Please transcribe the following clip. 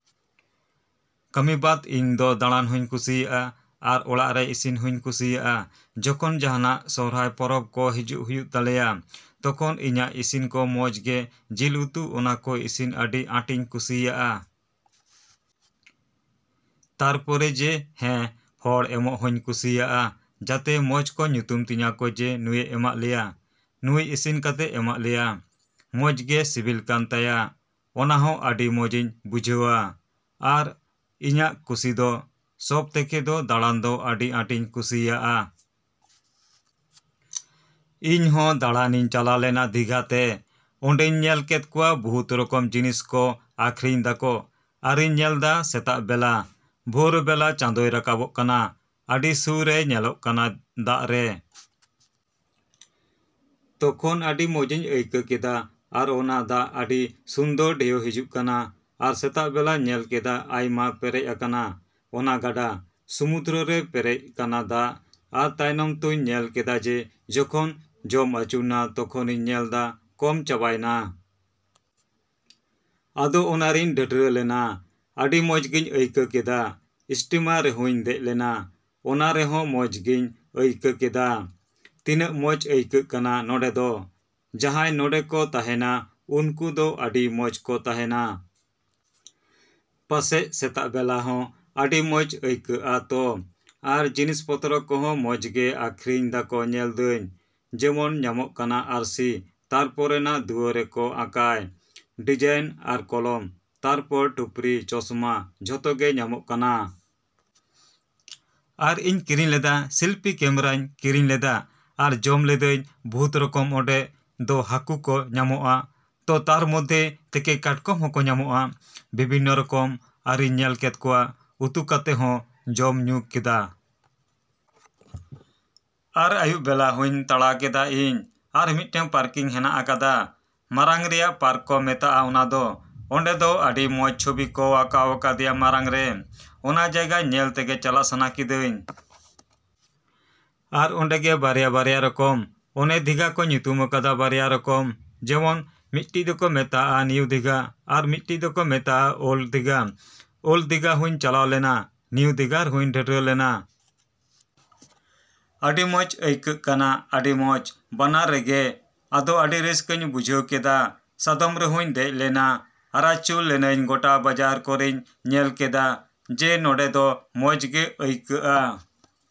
ᱠᱟᱹᱢᱤ ᱵᱟᱫᱽ ᱫᱚ ᱤᱧ ᱫᱚ ᱫᱟᱬᱟᱱ ᱦᱩᱧ ᱠᱩᱥᱤᱭᱟᱜᱼᱟ, ᱟᱨ ᱚᱲᱟᱜ ᱨᱮ ᱤᱥᱤᱱ ᱦᱩᱧ ᱠᱩᱥᱤᱭᱟᱜᱼᱟ᱾ ᱡᱚᱠᱷᱚᱱ ᱡᱟᱦᱟᱱᱟᱜ ᱥᱚᱨᱦᱟᱭ ᱯᱚᱨᱚᱵᱽ ᱠᱚ ᱦᱤᱡᱩᱜ ᱦᱩᱭᱩᱜ ᱛᱟᱞᱮᱭᱟ, ᱛᱚᱠᱷᱚᱱ ᱤᱧᱟᱹᱜ ᱤᱥᱤᱱ ᱠᱚ ᱢᱚᱡᱽ ᱜᱮ ᱡᱤᱞ ᱩᱛᱩ ᱚᱱᱟ ᱠᱚ ᱤᱥᱤᱱ ᱟᱹᱰᱤ ᱟᱸᱴᱤᱧ ᱠᱩᱥᱤᱭᱟᱜᱼᱟ᱾ ᱛᱟᱨᱯᱚᱨᱮ ᱡᱮ, ᱦᱮᱸ ᱦᱚᱲ ᱮᱢᱚᱜ ᱦᱚᱧ ᱠᱩᱥᱤᱭᱟᱜᱼᱟ, ᱡᱟᱛᱮ ᱢᱚᱡᱽ ᱠᱚ ᱧᱩᱛᱩᱢ ᱛᱤᱧᱟ ᱠᱚ ᱡᱮ ᱱᱩᱭᱮ ᱮᱢᱟᱫ ᱞᱮᱭᱟ, ᱱᱩᱭ ᱤᱥᱤᱱ ᱠᱟᱛᱮ ᱮᱢᱟᱜ ᱞᱮᱭᱟ᱾ ᱢᱚᱡᱽ ᱜᱮ ᱥᱤᱵᱤᱞ ᱠᱟᱱ ᱛᱟᱭᱟ᱾ ᱚᱱᱟ ᱦᱚᱸ ᱟᱹᱰᱤ ᱢᱚᱡᱤᱧ ᱵᱩᱡᱷᱟᱹᱣᱟ᱾ ᱟᱨ, ᱤᱧᱟᱹᱜ ᱠᱩᱥᱤ ᱫᱚ, ᱥᱚᱵᱽ ᱛᱷᱮᱠᱮ ᱫᱚ ᱫᱟᱬᱟᱱ ᱫᱚ ᱟᱹᱰᱤ ᱟᱸᱴᱤᱧ ᱠᱩᱥᱤᱭᱟᱜᱼᱟ᱾ ᱤᱧ ᱦᱚᱸ ᱫᱟᱬᱟᱱᱤᱧ ᱪᱟᱞᱟᱣ ᱞᱮᱱᱟ ᱫᱤᱜᱷᱟ ᱛᱮ᱾ ᱚᱸᱰᱮᱧ ᱧᱮᱞ ᱠᱮᱫ ᱠᱚᱣᱟ ᱵᱚᱦᱩᱛ ᱨᱚᱠᱚᱢ ᱡᱤᱱᱤᱥ ᱠᱚ ᱟᱠᱷᱨᱤᱧ ᱫᱟᱠᱚ᱾ ᱟᱨᱤᱧ ᱧᱮᱞᱫᱟ ᱥᱮᱛᱟᱜ ᱵᱮᱞᱟ, ᱵᱷᱳᱨ ᱵᱮᱞᱟ ᱪᱟᱸᱫᱚᱭ ᱨᱟᱠᱟᱵᱚᱜ ᱠᱟᱱᱟ, ᱟᱹᱰᱤ ᱥᱩᱨ ᱨᱮᱭ ᱧᱮᱞᱚᱜ ᱠᱟᱱᱟ ᱫᱟᱜ ᱨᱮ᱾ ᱛᱚᱠᱷᱚᱱ ᱟᱹᱰᱤ ᱢᱚᱸᱡᱤᱧ ᱟᱹᱭᱠᱟᱹᱣ ᱠᱮᱫᱟ ᱟᱨ ᱚᱱᱟ ᱫᱟᱜ ᱟᱹᱰᱤ ᱥᱩᱱᱫᱚᱨ ᱰᱷᱮᱣ ᱦᱤᱡᱩᱜ ᱠᱟᱱᱟ ᱟᱨ ᱥᱮᱛᱟᱜ ᱵᱮᱞᱟᱧ ᱧᱮᱞ ᱠᱮᱫᱟ ᱟᱭᱢᱟ ᱯᱮᱨᱮᱡ ᱟᱠᱟᱱᱟ, ᱚᱱᱟ ᱜᱟᱰᱟ᱾ ᱥᱚᱢᱩᱫᱨᱚ ᱨᱮ ᱯᱮᱨᱮᱡ ᱠᱟᱱᱟ ᱫᱟᱜ ᱟᱨ ᱛᱟᱭᱱᱚᱢ ᱛᱚᱧ ᱧᱮᱞ ᱠᱮᱫᱟ ᱡᱮ ᱡᱚᱠᱷᱚᱱ ᱡᱚᱢ ᱟᱪᱩᱨᱱᱟ ᱛᱚᱠᱷᱚᱱᱤᱧ ᱧᱮᱞ ᱫᱟ ᱠᱚᱢ ᱪᱟᱵᱟᱭᱱᱟ᱾ ᱟᱫᱚ ᱚᱱᱟ ᱨᱤᱧ ᱰᱟᱹᱵᱨᱟᱹ ᱞᱮᱱᱟ᱾ ᱟᱹᱰᱤ ᱢᱚᱡᱽᱜᱤᱧ ᱟᱹᱭᱠᱟᱹᱣ ᱠᱮᱫᱟ, ᱥᱴᱤᱢᱟᱨ ᱨᱮᱦᱚᱧ ᱫᱮᱡ ᱞᱮᱱᱟ᱾ ᱚᱱᱟ ᱨᱮᱦᱚᱸ ᱢᱚᱡᱽ ᱜᱤᱧ ᱟᱭᱠᱟᱹᱣ ᱠᱮᱫᱟ᱾ ᱛᱤᱱᱟᱹᱜ ᱢᱚᱡᱽ ᱟᱹᱭᱠᱟᱹᱜ ᱠᱟᱱᱟ ᱱᱚᱸᱰᱮ ᱫᱚ᱾ ᱡᱟᱦᱟᱸᱭ ᱱᱚᱸᱰᱮ ᱠᱚ ᱛᱟᱦᱮᱱᱟ ᱩᱱᱠᱩ ᱫᱚ ᱟᱹᱰᱤ ᱢᱚᱡᱽ ᱠᱚ ᱛᱟᱦᱮᱱᱟ᱾ ᱯᱟᱥᱮᱡ ᱥᱮᱛᱟᱜ ᱵᱮᱞᱟ ᱦᱚᱸ ᱟᱹᱰᱤ ᱢᱚᱡᱽ ᱟᱹᱭᱠᱟᱹᱜᱼᱟ ᱛᱚ᱾ ᱟᱨ ᱡᱤᱱᱤᱥ ᱯᱚᱛᱨᱚ ᱠᱚᱦᱚᱸ ᱢᱚᱡᱽ ᱜᱮ ᱟᱠᱷᱨᱤᱧ ᱫᱟᱠᱚ ᱧᱮᱞ ᱫᱟᱹᱧ, ᱡᱮᱢᱚᱱ ᱧᱟᱢᱚᱜ ᱠᱟᱱᱟ ᱟᱨᱥᱤ, ᱛᱟᱨᱯᱚᱨᱮ ᱱᱟᱜ ᱫᱩᱣᱟᱹᱨ ᱨᱮ ᱠᱚ ᱟᱸᱠᱟᱭ᱾ ᱰᱤᱡᱟᱭᱤᱱ ᱟᱨ ᱠᱚᱞᱚᱢ ᱛᱟᱨᱯᱚᱨ ᱴᱩᱯᱨᱤ, ᱪᱚᱥᱢᱟ ᱡᱚᱛᱚ ᱜᱮ ᱧᱟᱢᱚᱜ ᱠᱟᱱᱟ᱾ ᱟᱨ ᱤᱧ ᱠᱤᱨᱤᱧ ᱞᱮᱫᱟᱼ ᱥᱮᱞᱯᱤ ᱠᱮᱢᱮᱨᱟᱧ ᱠᱤᱨᱤᱧ ᱞᱮᱫᱟ᱾ ᱟᱨ ᱡᱚᱢ ᱞᱮᱫᱮᱭᱤᱧ ᱵᱚᱦᱩᱛ ᱨᱚᱠᱚᱢ ᱚᱸᱰᱮ ᱫᱚ ᱦᱟᱹᱠᱩ ᱠᱚ ᱧᱟᱢᱚᱜᱼᱟ ᱛᱚ ᱛᱟᱨ ᱢᱚᱫᱽᱫᱷᱮ ᱛᱷᱮᱠᱮ ᱠᱟᱴᱠᱚᱢ ᱦᱚᱸᱠᱚ ᱧᱟᱢᱚᱜᱼᱟ᱾ ᱵᱷᱤᱵᱤᱱᱱᱚ ᱨᱚᱠᱚᱢ ᱟᱨᱤᱧ ᱧᱮᱞ ᱠᱮᱫ ᱠᱚᱣᱟ ᱩᱛᱩ ᱠᱟᱛᱮ ᱦᱚᱸ ᱡᱚᱢᱼᱧᱩ ᱠᱮᱫᱟ᱾ ᱟᱨ ᱟᱭᱩᱵ ᱵᱮᱞᱟ ᱦᱚᱧ ᱛᱟᱲᱟᱣ ᱠᱮᱫᱟ ᱤᱧ᱾ ᱟᱨ ᱢᱤᱫᱴᱮᱡ ᱯᱟᱨᱠᱤᱝ ᱦᱮᱱᱟᱜ ᱟᱠᱟᱫᱟ᱾ ᱢᱟᱨᱟᱝ ᱨᱮᱭᱟᱜ ᱯᱟᱨᱠ ᱠᱚ ᱢᱮᱛᱟᱜᱼᱟ ᱚᱱᱟ ᱫᱚ᱾ ᱚᱸᱰᱮ ᱫᱚ ᱟᱹᱰᱤ ᱢᱚᱡᱽ ᱪᱷᱚᱵᱤ ᱠᱚ ᱟᱸᱠᱟᱣ ᱟᱠᱟᱫᱮᱭᱟ ᱢᱟᱨᱟᱝ ᱨᱮ᱾ ᱚᱱᱟ ᱡᱟᱭᱜᱟ ᱧᱮᱞ ᱛᱮᱜᱮ ᱪᱟᱞᱟᱜ ᱥᱟᱱᱟ ᱠᱤᱫᱟᱹᱧ᱾ ᱟᱨ ᱚᱸᱰᱮ ᱜᱮ ᱵᱟᱨᱭᱟ ᱵᱟᱨᱭᱟ ᱨᱚᱠᱚᱢ, ᱚᱱᱮ ᱫᱤᱜᱷᱟ ᱠᱚ ᱧᱩᱛᱩᱢ ᱟᱠᱟᱫᱟ ᱵᱟᱨᱭᱟ ᱨᱚᱠᱚᱢ ᱡᱮᱢᱚᱱ, ᱢᱤᱫᱴᱮᱡ ᱫᱚᱠᱚ ᱢᱮᱛᱟᱜᱼᱟ ᱱᱤᱭᱩ ᱫᱤᱜᱷᱟ ᱟᱨ ᱢᱤᱫᱴᱮᱡ ᱫᱚᱠᱚ ᱢᱮᱛᱟᱜᱼᱟ ᱳᱞᱰ ᱫᱤᱜᱷᱟ᱾ ᱳᱞᱰ ᱫᱤᱜᱷᱟ ᱦᱚᱧ ᱪᱟᱞᱟᱣ ᱞᱮᱱᱟ, ᱱᱤᱭᱩ ᱫᱤᱜᱷᱟ ᱨᱮᱦᱚᱧ ᱰᱟᱹᱵᱨᱟᱹ ᱞᱮᱱᱟ᱾ ᱟᱰᱤ ᱢᱚᱡᱽ ᱟᱹᱭᱠᱟᱹᱜ ᱠᱟᱱᱟ, ᱟᱰᱤ ᱢᱚᱡᱽ᱾ ᱵᱟᱱᱟᱨ ᱨᱮᱜᱮ, ᱟᱫᱚ ᱟᱹᱰᱤ ᱨᱟᱹᱥᱠᱟᱹᱧ ᱵᱩᱡᱷᱟᱹᱣ ᱠᱮᱫᱟ᱾ ᱥᱟᱫᱚᱢ ᱨᱮᱦᱚᱧ ᱫᱮᱡ ᱞᱮᱱᱟ ᱟᱨᱟᱪᱩᱨ ᱞᱮᱱᱟᱹᱧ ᱜᱚᱴᱟ ᱵᱟᱡᱟᱨ ᱠᱚᱨᱮᱧ ᱧᱮᱞ ᱠᱮᱫᱟ, ᱡᱮ ᱱᱚᱸᱰᱮ ᱫᱚ ᱢᱚᱡᱽ ᱜᱮ ᱟᱹᱭᱠᱟᱹᱜᱼᱟ।